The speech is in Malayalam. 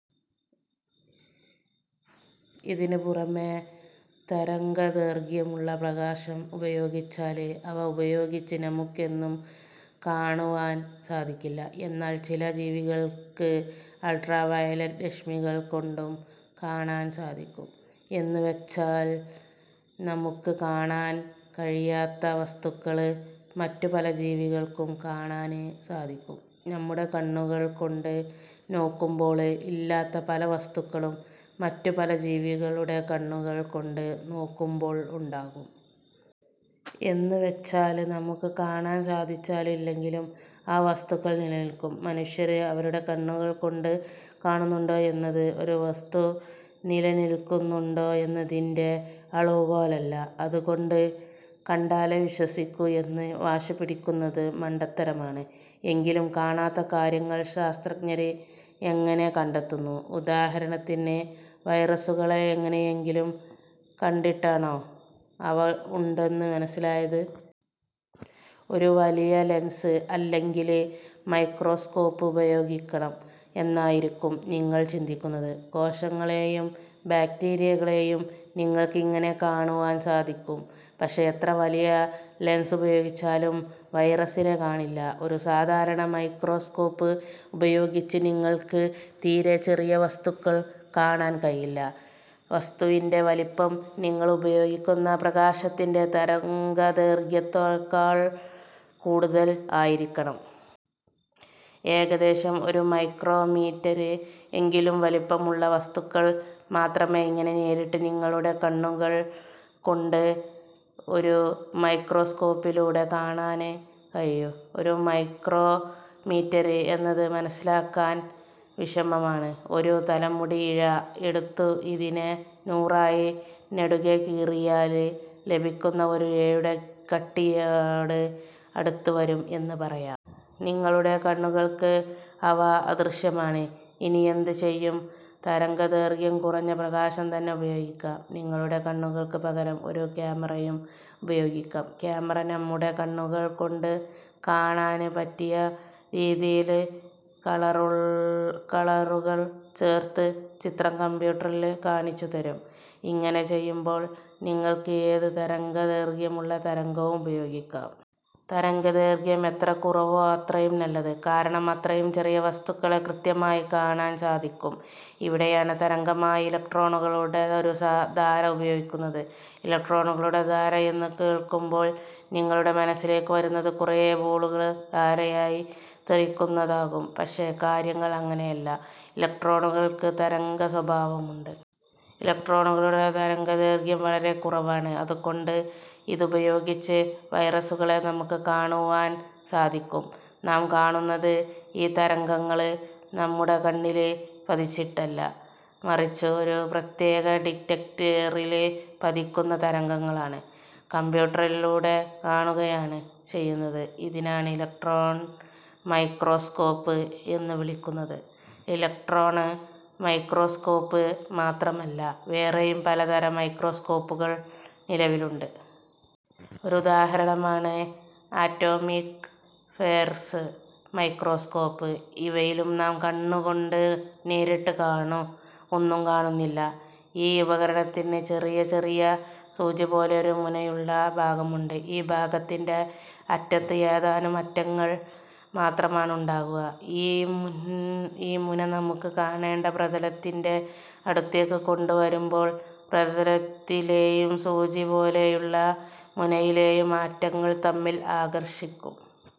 ഇതിനു പുറമെ തരംഗദൈര്ഘ്യമുള്ള പ്രകാശം ഉപയോഗിച്ചാല് അവ ഉപയോഗിച്ച് നമുക്കൊന്നും കാണുവാന് സാധിക്കില്ല. എന്നാല് ചില ജീവികള്ക്ക് അള്ട്രാവയലറ്റ് രശ്മികള്കൊണ്ടും കാണാന് സാധിക്കും. എന്നുവച്ചാല് നമുക്ക് കാണാന് കഴിയാത്ത വസ്തുക്കള് മറ്റു പല ജീവികള്ക്കും കാണാന് സാധിക്കും. നമ്മുടെ കണ്ണുകള്കൊണ്ട് നോക്കുമ്പോള് ഇല്ലാത്ത പല വസ്തുക്കളും മറ്റു പല ജീവികളുടെ കണ്ണുകള്കൊണ്ട് നോക്കുമ്പോള് ഉണ്ടാകും. എന്നുവച്ചാല് നമുക്ക് കാണാന് സാധിച്ചാലും ഇല്ലെങ്കിലും ആ വസ്തുക്കള് നിലനില്ക്കും. മനുഷ്യര് അവരുടെ കണ്ണുകള്കൊണ്ട് കാണുന്നുണ്ടോ എന്നത് ഒരു വസ്തു നിലനില്ക്കുന്നുണ്ടോ എന്നതിന്റെ അളവുകോലല്ല. അതുകൊണ്ട് കണ്ടാലേ വിശ്വസിക്കൂ എന്ന് വാശിപിടിക്കുന്നത് മണ്ടത്തരമാണ്. എങ്കിലും കാണാത്ത കാര്യങ്ങള് ശാസ്ത്രഞ്ജര് എങ്ങനെ കണ്ടെത്തുന്നു. ഉദാഹരണത്തിന് വൈറസുകളെ എങ്ങനെയെങ്കിലും കണ്ടിട്ടാണോ അവ ഉണ്ടെന്നു മനസിലായത്. ഒരു വലിയ ലെന്സ് അല്ലെങ്കില് മൈക്രോസ്കോപ്പ് ഉപയോഗിക്കണം എന്നായിരിക്കും നിങ്ങള് ചിന്തിക്കുന്നത്. കോശങ്ങളെയും ബാക്റ്റീരിയകളെയും നിങ്ങള്ക്ക് ഇങ്ങനെ കാണുവാന് സാധിക്കും. പക്ഷേ എത്ര വലിയ ലെന്സ് ഉപയോഗിച്ചാലും വൈറസിനെ കാണില്ല. ഒരു സാധാരണ മൈക്രോസ്കോപ്പ് ഉപയോഗിച്ച് നിങ്ങള്ക്ക് തീരെ ചെറിയ വസ്തുക്കള് കാണാന് കഴിയില്ല. വസ്തുവിന്റെ വലിപ്പം നിങ്ങള് ഉപയോഗിക്കുന്ന പ്രകാശത്തിന്റെ തരംഗദൈര്ഘ്യത്തേക്കാള് കൂടുതല് ആയിരിക്കണം. ഏകദേശം ഒരു മൈക്രോമീറ്റര് എങ്കിലും വലിപ്പമുള്ള വസ്തുക്കള് മാത്രമേ ഇങ്ങനെ നേരിട്ട് നിങ്ങളുടെ കണ്ണുകള് കൊണ്ട് ഒരു മൈക്രോസ്കോപ്പിലൂടെ കാണാന് കഴിയൂ. ഒരു മൈക്രോമീറ്റര് എന്നത് മനസിലാക്കാന് വിഷമമാണ്. ഒരു തലമുടി ഇഴ എടുത്തു ഇതിനെ നൂറായി നെടുകെ കീറിയാല് ലഭിക്കുന്ന ഒരു ഇഴയുടെ കട്ടിയോട് അടുത്തുവരും എന്ന് പറയാം. നിങ്ങളുടെ കണ്ണുകള്ക്ക് അവ അദൃശ്യമാണ്. ഇനിയെന്തു ചെയ്യും. തരംഗദൈര്ഘ്യം കുറഞ്ഞ പ്രകാശം തന്നെ ഉപയോഗിക്കാം. നിങ്ങളുടെ കണ്ണുകള്ക്ക് പകരം ഒരു ക്യാമറയും ഉപയോഗിക്കാം. ക്യാമറ, നമ്മുടെ കണ്ണുകള് കൊണ്ട് കാണാന് പറ്റിയ രീതിയില് കളറുകള് ചേര്ത്ത് ചിത്രം കമ്പ്യൂട്ടറില് കാണിച്ചുതരും. ഇങ്ങനെ ചെയ്യുമ്പോള് നിങ്ങള്ക്ക് ഏത് തരംഗ ദൈര്ഘ്യമുള്ള തരംഗവും ഉപയോഗിക്കാം. തരംഗദൈര്ഘ്യം എത്ര കുറവോ അത്രയും നല്ലത്. കാരണം അത്രയും ചെറിയ വസ്തുക്കളെ കൃത്യമായി കാണാന് സാധിക്കും. ഇവിടെയാണ് തരംഗമായി ഇലക്ട്രോണുകളുടെ ഒരു ധാര ഉപയോഗിക്കുന്നത്. ഇലക്ട്രോണുകളുടെ ധാര എന്നുകേള്ക്കുമ്പോള് നിങ്ങളുടെ മനസിലേക്ക് വരുന്നത് കുറെ ബോളുകള് ധാരയായി തെറിക്കുന്നതാകും. പക്ഷെ കാര്യങ്ങള് അങ്ങനെയല്ല. ഇലക്ട്രോണുകള്ക്ക് തരംഗ സ്വഭാവമുണ്ട്. ഇലക്ട്രോണുകളുടെ തരംഗദൈര്ഘ്യം വളരെ കുറവാണ്. അതുകൊണ്ട് ഇതുപയോഗിച്ച് വൈറസുകളെ നമുക്ക് കാണുവാന് സാധിക്കും. നാം കാണുന്നത് ഈ തരംഗങ്ങള് നമ്മുടെ കണ്ണില് പതിച്ചിട്ടല്ല. മറിച്ചു ഒരു പ്രത്യേക ഡിറ്റക്ടറില് പതിക്കുന്ന തരംഗങ്ങള് കമ്പ്യൂട്ടറിലൂടെ കാണുകയാണ് ചെയ്യുന്നത്. ഇതിനാണ് ഇലക്ട്രോണ് മൈക്രോസ്കോപ് എന്നുവിളിക്കുന്നത്. ഇലക്ട്രോണ് മൈക്രോസ്കോപ്പ് മാത്രമല്ല വേറെയും പലതരം മൈക്രൊസ്കൊപ്പുകള് നിലവിലുണ്ട്. ഒരു ഉദാഹരണമാണ് അറ്റോമിക് ഫേര്സ് മൈക്രോസ്കോപ്പ്. ഇവയിലും നാം കണ്ണുകൊണ്ട് നേരിട്ട് കാണുഒന്നും കാണുന്നില്ല. ഈ ഉപകരണത്തിന് ചെറിയ ചെറിയ സൂചിപോലെ ഒരു മുനയുള്ള ഭാഗമുണ്ട്. ഈ ഭാഗത്തിന്റെ അറ്റത്തു ഏതാനും ആറ്റങ്ങള് മാത്രമാണ് ഉണ്ടാകുക. ഈ മുന നമുക്ക് 'കാണേണ്ട' പ്രതലത്തിന്റെ അടുത്തേക്ക് കൊണ്ടുവരുമ്പോള് പ്രതലത്തിലെയും, സൂചി പോലെയുള്ള മുനയിലെയും ആറ്റങ്ങള് തമ്മില് ആകര്ഷിക്കും.